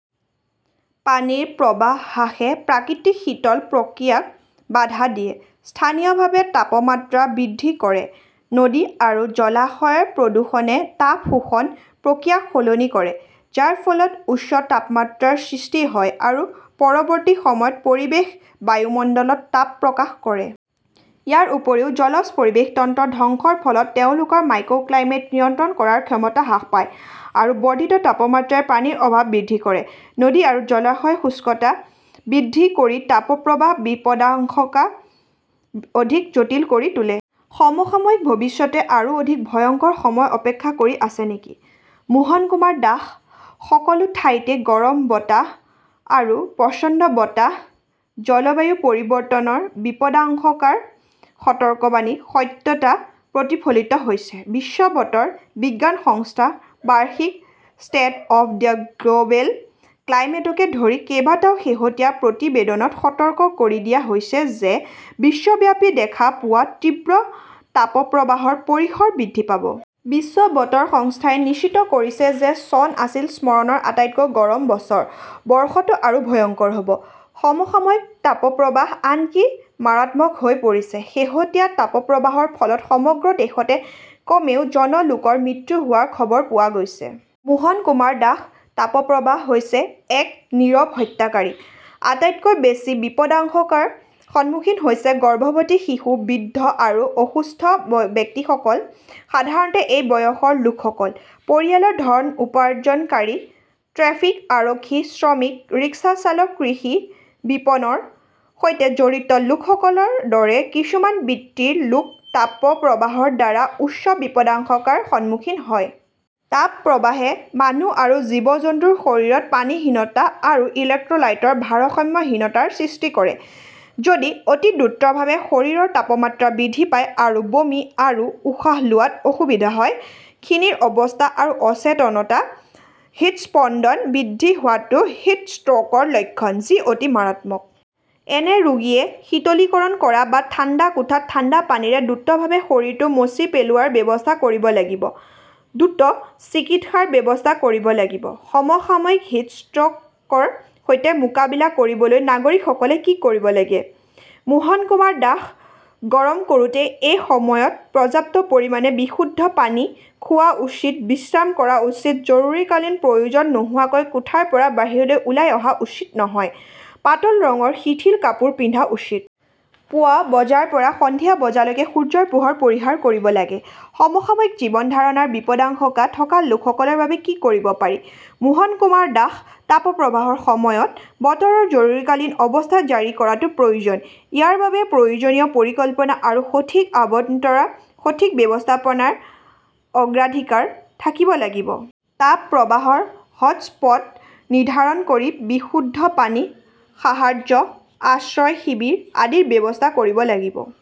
পানীৰ প্ৰবাহ হ্ৰাসে প্ৰাকৃতিক শীতল প্ৰক্ৰিয়াক বাধা দিয়ে, স্থানীয়ভাৱে তাপমাত্ৰা বৃদ্ধি কৰে। নদী আৰু জলাশয়ৰ প্ৰদূষণে তাপ শোষণ প্ৰক্ৰিয়াক সলনি কৰে, যাৰ ফলত উচ্চ তাপমাত্ৰাৰ সৃষ্টি হয় আৰু পৰৱৰ্তী সময়ত পৰিৱেশৰ বায়ুমণ্ডলত তাপ প্ৰকাশ কৰে। ইয়াৰ উপৰিও জলজ পৰিৱেশ তন্ত্ৰৰ ধ্বংসৰ ফলত তেওঁলোকৰ মাইক্ৰ'ক্লাইমেট নিয়ন্ত্ৰণ কৰাৰ ক্ষমতা হ্ৰাস পায়। আৰু বৰ্ধিত তাপমাত্ৰাই পানীৰ অভাৱ বৃদ্ধি কৰে, নদী আৰু জলাশয়ৰ শুষ্কতা বৃদ্ধি কৰি তাপপ্ৰবাহৰ বিপদাশংকা অধিক জটিল কৰি তোলে। সমসাময়িক ভৱিষ্যতে আৰু অধিক ভয়ংকৰ সময় অপেক্ষা কৰি আছে নেকি? মোহন কুমাৰ দাশ সকলো ঠাইতে গৰম বতাহ আৰু প্ৰচণ্ড বতাহ। জলবায়ু পৰিৱৰ্তনৰ বিপদাশংকাৰ সতৰ্কবাণীৰ সত্যতা প্ৰতিফলিত হৈছে। বিশ্ব বতৰ বিজ্ঞান সংস্থাৰ বাৰ্ষিক ষ্টেট অৱ দ্য গ্লʼবেল ক্লাইমেটকে ধৰি কেইবাটাও শেহতীয়া প্ৰতিবেদনত সতৰ্ক কৰি দিয়া হৈছে যে বিশ্বব্যাপী দেখা পোৱা তীব্ৰ তাপপ্ৰবাহৰ পৰিসৰ বৃদ্ধি পাব। বিশ্ব বতৰ সংস্থাই নিশ্চিত কৰিছে যে চন আছিল স্মৰণৰ আটাইতকৈ গৰম বছৰ। বৰ্ষটো আৰু ভয়ংকৰ হ 'ব! সমসাময়িক তাপপ্ৰবাহ আনকি মাৰাত্মক হৈ পৰিছে। শেহতীয়া তাপপ্ৰবাহৰ ফলত সমগ্ৰ দেশতে কমেও জন লোকৰ মৃত্যু হোৱাৰ খবৰ পোৱা গৈছে। মোহন কুমাৰ দাশ তাপপ্ৰবাহ হৈছে এক নীৰৱ হত্যাকাৰী। আটাইতকৈ বেছি বিপদাশংকাৰ সন্মুখীন হৈছে গৰ্ভৱতী, শিশু, বৃদ্ধ আৰু অসুস্থ ব্যক্তিসকল। সাধাৰণতে এই বয়সৰ লোকসকল পৰিয়ালৰ ধন উপাৰ্জনকাৰী। ট্ৰেফিক আৰক্ষী, শ্ৰমিক, ৰিক্সা চালক, কৃষক, বিপণনৰ সৈতে জড়িত লোকসকলৰ দৰে কিছুমান বৃত্তিৰ লোক তাপপ্ৰবাহৰ দ্বাৰা উচ্চ বিপদাশংকাৰ সন্মুখীন হয়। তাপপ্ৰবাহে মানুহ আৰু জীৱ-জন্তুৰ শৰীৰত পানীহীনতা আৰু ইলেক্ট্ৰলাইটৰ ভাৰসাম্যহীনতাৰ সৃষ্টি কৰে। যদি অতি দ্ৰুতভাৱে শৰীৰৰ তাপমাত্ৰা বৃদ্ধি পায় আৰু বমি আৰু উশাহ লোৱাত অসুবিধা হয়, খিনিৰ অৱস্থা আৰু অচেতনতা, হৃদস্পন্দন বৃদ্ধি হোৱাটো হিট ষ্ট্ৰোকৰ লক্ষণ; যি অতি মাৰাত্মক! এনে ৰোগীয়ে শীতলীকৰণ কৰা বা ঠাণ্ডা কোঠাত ঠাণ্ডা পানীৰে দ্ৰুতভাৱে শৰীৰটো মচি পেলোৱাৰ ব্যৱস্থা কৰিব লাগিব। দ্ৰুত চিকিৎসাৰ ব্যৱস্থা কৰিব লাগিব। সমসাময়িক হিটষ্ট্ৰোকৰ সৈতে মোকাবিলা কৰিবলৈ নাগৰিকসকলে কি কৰিব লাগে? মোহন কুমাৰ দাস গৰম কৰোঁতাই এই সময়ত পৰ্যাপ্ত পৰিমাণে বিশুদ্ধ পানী খোৱা উচিত, বিশ্ৰাম কৰা উচিত, জৰুৰীকালীন প্ৰয়োজন নোহোৱাকৈ কোঠাৰ পৰা বাহিৰলৈ ওলাই অহা উচিত নহয়, পাতল ৰঙৰ শিথিল কাপোৰ পিন্ধা উচিত। ৰাতিপুৱা বজাৰ পৰা সন্ধিয়া বজালৈকে সূৰ্যৰ পোহৰ পৰিহাৰ কৰিব লাগে। সমসাময়িক জীৱন ধাৰণৰ বিপদাশংকা থকা লোকসকলৰ বাবে কি কৰিব পাৰি? মোহন কুমাৰ দাশ তাপপ্ৰবাহৰ সময়ত 'বতৰৰ জৰুৰীকালীন অৱস্থা জাৰি কৰাটো প্ৰয়োজনীয়। ইয়াৰ বাবে প্ৰয়োজনীয় পৰিকল্পনা আৰু সঠিক আবণ্টনৰ সঠিক ব্যৱস্থাপনাৰ অগ্ৰাধিকাৰ থাকিব লাগিব। তাপ প্ৰবাহৰ 'হটʼস্পট নিৰ্ধাৰণ কৰি বিশুদ্ধ পানী, সাহায্য, আশ্ৰয় শিবিৰ আদিৰ ব্যৱস্থা কৰিব লাগিব।